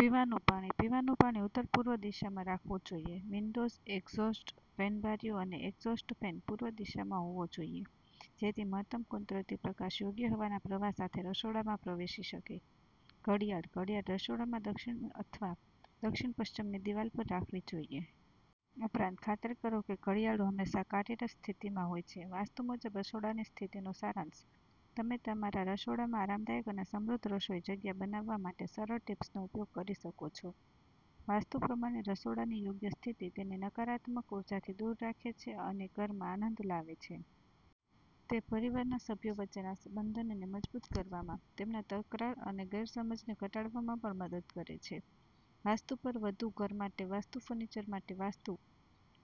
પીવાનું પાણીપીવાનું પાણી ઉત્તર પૂર્વ દિશામાં રાખવું જોઈએ. વિન્ડોઝ અને એક્ઝોસ્ટ ફેનબારીઓ અને એક્ઝોસ્ટ ફેન પૂર્વ દિશામાં હોવા જોઈએ જેથી મહત્તમ કુદરતી પ્રકાશ યોગ્ય હવાના પ્રવાહ સાથે રસોડામાં પ્રવેશી શકે. ઘડિયાળઘડિયાળ રસોડામાં દક્ષિણ અથવા દક્ષિણ પશ્ચિમની દિવાલ પર રાખવી જોઈએ. ઉપરાંત, ખાતરી કરો કે ઘડિયાળો હંમેશા કાર્યરત સ્થિતિમાં હોય છે. વાસ્તુ મુજબ રસોડાની સ્થિતિનો સારાંશ તમે તમારા રસોડામાં આરામદાયક અને સમૃદ્ધ રસોઈ જગ્યા બનાવવા માટેસરળ ટીપ્સનો ઉપયોગ કરી શકો છો. વાસ્તુ પ્રમાણે રસોડાની યોગ્ય સ્થિતિ તેને નકારાત્મક ઉર્જાથી દૂર રાખે છે અને ઘરમાં આનંદ લાવે છે. તે પરિવારના સભ્યો વચ્ચેના બંધનને મજબૂત કરવામાં, તેમના તકરાર અને ગેરસમજને ઘટાડવામાં પણ મદદ કરે છે. વાસ્તુ પર વધુ ઘર માટે વાસ્તુ ફર્નિચર માટે વાસ્તુ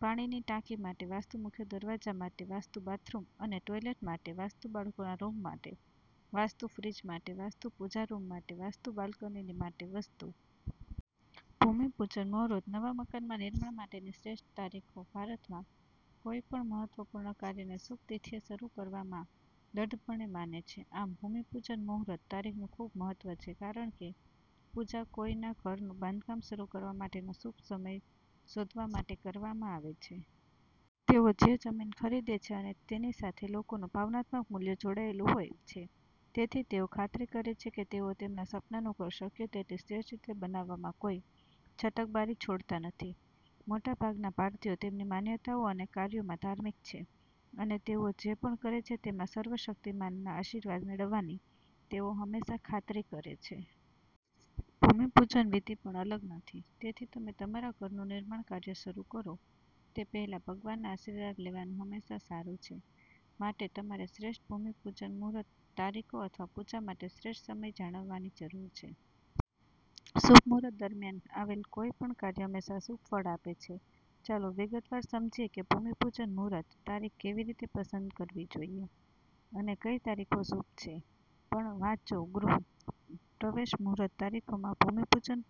પાણીની ટાંકી માટે વાસ્તુ મુખ્ય દરવાજા માટે વાસ્તુ બાથરૂમ અને ટોયલેટ માટે વાસ્તુ બાળકોના રૂમ માટે વાસ્તુ ફ્રિજ માટે વાસ્તુ પૂજા રૂમ માટે વાસ્તુ બાલ્કની માટે વાસ્તુ ભૂમિ પૂજન મુહૂર્ત નવા મકાનના નિર્માણ માટેની શ્રેષ્ઠ તારીખો ભારતમાં, લોકો કોઈ પણ મહત્વપૂર્ણ કાર્યને શુભ તિથિએ શરૂ કરવામાં દ્રઢપણે માને છે. આમ, ભૂમિપૂજન મુહૂર્ત તારીખનું ખૂબ મહત્વ છે કારણ કેપૂજા કોઈના ઘરનું બાંધકામ શરૂ કરવા માટેનો શુભ સમય શોધવા માટે કરવામાં આવે છે. તેઓ જે જમીન ખરીદે છે તેની સાથે લોકોનું ભાવનાત્મક મૂલ્ય જોડાયેલું હોય છેતેથી, તેઓ ખાતરી કરે છે કે તેઓ તેમના સપનાનું ઘર શક્ય તેટલી શ્રેષ્ઠ રીતે બનાવવામાં કોઈ છટકબારી છોડતા નથી. મોટાભાગના ભારતીયો તેમની માન્યતાઓ અને કાર્યોમાં ધાર્મિક છે, અને તેઓ જે પણ કરે છે તેમાં સર્વશક્તિમાનના આશીર્વાદ મેળવવાની તેઓ હંમેશા ખાતરી કરે છે. ભૂમિપૂજન વિધિ પણ અલગ નથી. તેથી, તમે તમારા ઘરનું નિર્માણ કાર્ય શરૂ કરો તે પહેલાં, ભગવાનના આશીર્વાદ લેવાનું હંમેશા સારું છે. માટે, તમારે શ્રેષ્ઠ ભૂમિ પૂજન મુહૂર્ત તારીખો અથવાપૂજા માટે શ્રેષ્ઠ સમય જાણવાની જરૂર છે. શુભ મુહૂર્ત દરમિયાન કરવામાં આવેલ કોઈપણ કાર્ય હંમેશા શુભ ફળ આપે છે. ચાલો વિગતવાર સમજીએ કે ભૂમિ પૂજન મુહૂર્ત તારીખ કેવી રીતે પસંદ કરવી જોઈએ અને કઈ તારીખો શુભ છે. પણ વાંચોગૃહ પ્રવેશ મુહૂર્ત તારીખો માં ભૂમિ પૂજન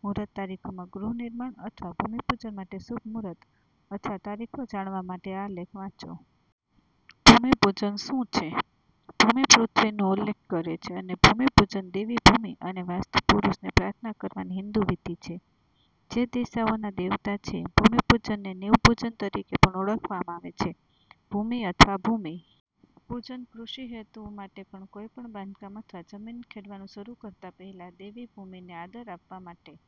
મુહૂર્ત તારીખો માં ગૃહ નિર્માણ અથવા ભૂમિપૂજન માટે શુભ મુહૂર્ત અથવા તારીખો જાણવા માટે આ લેખ વાંચો. ભૂમિપૂજન શું છે? ભૂમિપૃથ્વીનો ઉલ્લેખ કરે છે, અને ભૂમિપૂજનદેવી ભૂમિ અને વાસ્તુ પુરૂષને પ્રાર્થના કરવાની હિંદુ વિધિ છે, જે દિશાઓના દેવતા છે. ભૂમિપૂજનને નીવ પૂજન તરીકે પણ ઓળખવામાં આવે છે. ભૂમિ અથવા ભૂમિ પૂજન કૃષિ હેતુઓ માટે કોઈપણ બાંધકામ અથવા જમીન ખેડવાનું કામ શરૂ કરતા પહેલા દેવી ભૂમિને આદર આપવા માટે